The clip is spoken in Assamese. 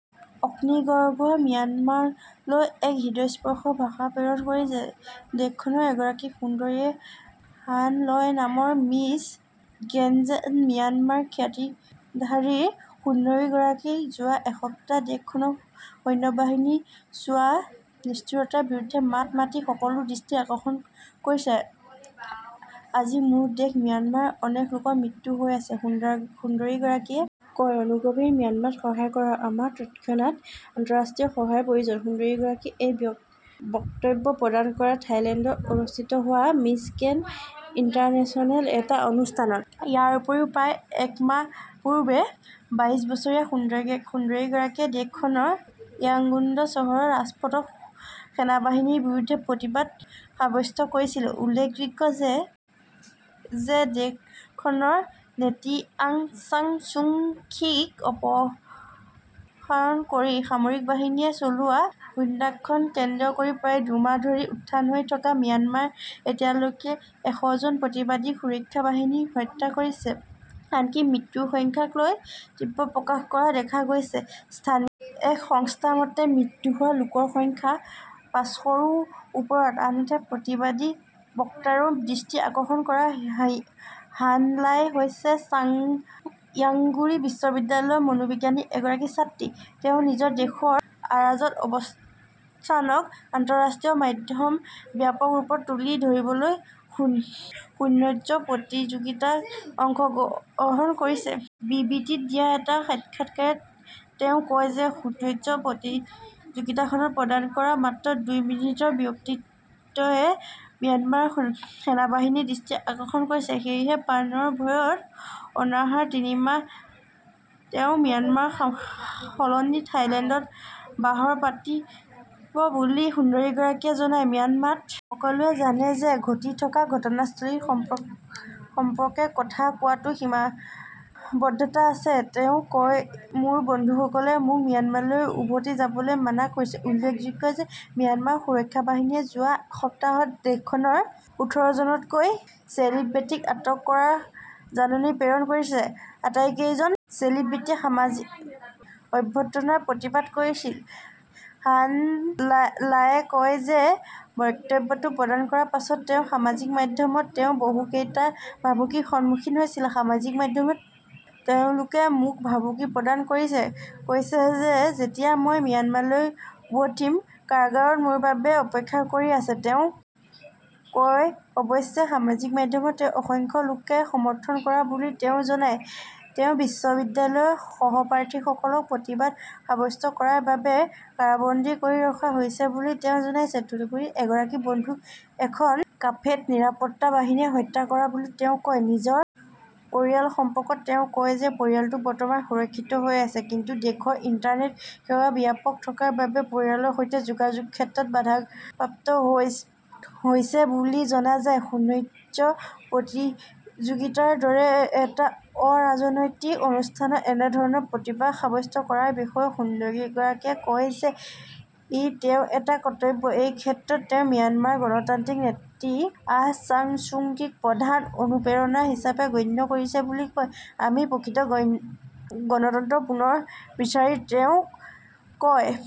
অগ্নিগৰ্ভ ম্যানমাৰক লৈ এক হৃদয়স্পৰ্শী ভাষ্য প্ৰেৰণ কৰিছে। দেশখনৰ এগৰাকী সুন্দৰীয়ে হান লায় নামৰ মিছ গ্ৰেণ্ড ম্যানমাৰ খিতাপধাৰী সুন্দৰীগৰাকীয়ে যোৱা সপ্তাহত দেশখনৰ সৈন্যবাহিনীয়ে চলোৱা নিষ্ঠুৰতাৰ বিৰুদ্ধে মাত মাতি সকলোৰে দৃষ্টি আকৰ্ষণ কৰিছে। আজি মোৰ দেশ ম্যানমাৰত অনেক লোকৰ মৃত্যু হৈ আছে। সুন্দৰীগৰাকীয়ে কয় অনুগ্ৰহ কৰি ম্যানমাৰক সহায় কৰক ।আমাক তৎক্ষণাৎ আন্তঃৰাষ্ট্ৰীয় সহায়ৰ প্ৰয়োজন। সুন্দৰীগৰাকীয়ে এই বক্তব্য প্ৰদান কৰে থাইলেণ্ডত অনুষ্ঠিত হোৱা মিছ গ্ৰেণ্ড ইণ্টাৰনেচনেল এটা অনুষ্ঠানত। ইয়াৰোপৰি প্ৰায় এক মাহ পূৰ্বে বাইছ বছৰীয়া সুন্দৰীগৰাকীয়ে দেশখনৰ য়াংগুন চহৰৰ ৰাজপথত সেনাবাহিনীৰ বিৰুদ্ধে প্ৰতিবাদ সাব্যষ্ট কৰিছিল। উল্লেখযোগ্য যে দেশখনৰ নেত্ৰী আং চান ছ্যু ক্যীক অপসাৰণ কৰি সামৰিক বাহিনীয়ে চলোৱা অভ্যুত্থানক কেন্দ্ৰ কৰি প্ৰায় দুমাহ ধৰি উত্তাল হৈ থকা ম্যানমাৰত এতিয়ালৈকে এশ জন প্ৰতিবাদকাৰীক সুৰক্ষা বাহিনীয়ে হত্যা কৰিছে। আনকি মৃত্যুৰ সংখ্যাকো লৈ দ্বিমত প্ৰকাশ কৰা দেখা গৈছে। স্থানীয় এক সংস্থাৰ মতে মৃত্যু হোৱা লোকৰ সংখ্যা পাঁচশৰো ওপৰ ,আনহাতে প্ৰতিবাদী বক্তব্যৰে দৃষ্টি আকৰ্ষণ কৰা হান লায় হৈছে য়াংগুন বিশ্ববিদ্যালয়ৰ মনোবিজ্ঞানৰ এগৰাকী ছাত্ৰী। তেওঁ নিজ দেশৰ অৰাজক অৱস্থাক আন্তঃৰাষ্ট্ৰীয় মাধ্যমত ব্যাপক ৰূপত তুলি ধৰিবলৈকে সৌন্দৰ্য প্ৰতিযোগিতাত অংশ গ্ৰহণ কৰিছে। বি বি চিত দিয়া এটা সাক্ষাৎকাৰত তেওঁ কয় যে সৌন্দৰ্য প্ৰতিযোগিতাখনত প্ৰদান কৰা মাত্ৰ দুই মিনিটৰ বক্তব্যটোৱে ম্যানমাৰৰ সেনাবাহিনীৰ দৃষ্টি আকৰ্ষণ কৰিছে। সেয়ে প্ৰাণৰ ভয়ত অনাগত তিনি মাহ তেওঁ ম্যানমাৰৰ সলনি থাইলেণ্ডত বাহৰ পাতিব বুলিও সুন্দৰীগৰাকীয়ে জনায়। ম্যানমাৰত সকলোৱে জানে যে ঘটি থকা ঘটনাৱলী সম্পৰ্কে কথা কোৱাত সীমাবদ্ধতা আছে। তেওঁ কয় মোৰ বন্ধুসকলে মোক ম্যানমাৰলৈ উভটি যাবলৈ মানা কৰিছে। উল্লেখযোগ্য যে ম্যানমাৰৰ সুৰক্ষা বাহিনীয়ে যোৱা সপ্তাহত দেশখনৰ ওঠৰজনকৈ চেলিব্ৰেটীক আটক কৰাৰ জাননি প্ৰেৰণ কৰিছে। আটাইকেইজন চেলিব্ৰেটিয়ে সামৰিক অভ্যুত্থানৰ প্ৰতিবাদ কৰিছিল। হান লায়ে কয় যে বক্তব্যটো প্ৰদান কৰাৰ পাছতে তেওঁৰ সামাজিক মাধ্যমত তেওঁ বহুকেইটা ভাবুকিৰ সন্মুখিত হৈছে। সামাজিক মাধ্যমত তেওঁলোকে মোক ভাবুকি প্ৰদান কৰিছে, কৈছে যে যেতিয়া মই ম্যানমাৰলৈ উভটিম কাৰাগাৰ মোৰ বাবে অপেক্ষা কৰি আছে। তেওঁ কয় অৱশ্যে, সামাজিক মাধ্যমত তেওঁক অসংখ্য লোকে সমৰ্থন কৰা বুলিও তেওঁ জনায়। তেওঁৰ বিশ্ববিদ্যালয়ৰ সহপাঠীসকলকো প্ৰতিবাদ সাব্যষ্ট কৰাৰ বাবে কাৰাবন্দী কৰি ৰখা হৈছে বুলিও তেওঁ জনাইছে। তদুপৰি এগৰাকী বন্ধুক এখন কাফেত নিৰাপত্তা বাহিনীয়ে হত্যা কৰা বুলি তেওঁ কয়। নিজৰ পৰিয়াল সম্পৰ্কত তেওঁ কয় যে পৰিয়ালটো বৰ্তমান সুৰক্ষিত হৈ আছে, কিন্তু দেশখনৰ ইণ্টাৰনেট সেৱা ব্যাহত থকাৰ বাবে পৰিয়ালৰ সৈতে যোগাযোগৰ ক্ষেত্ৰত বাধাপ্ৰাপ্ত হৈছে বুলি তেওঁ জনায়। সৌন্দৰ্য প্ৰতিযোগিতাৰ দৰে এটা অ-ৰাজনৈতিক অনুষ্ঠানত এনেধৰণে প্ৰতিবাদ সাব্যষ্ট কৰাৰ বিষয়ত সুন্দৰীগৰাকীয়ে কয় যে, ই তেওঁৰ এটা কৰ্তব্য এইক্ষেত্ৰত তেওঁ ম্যানমাৰৰ গণতান্ত্ৰিক নেত্ৰী আং চান ছ্যু ক্যীক প্ৰধান অনুপ্ৰেৰণা হিচাপে গণ্য কৰিছে বুলি কয়। আমি প্ৰকৃত গণতন্ত্ৰ পুনৰ বিচাৰো তেওঁ কয়।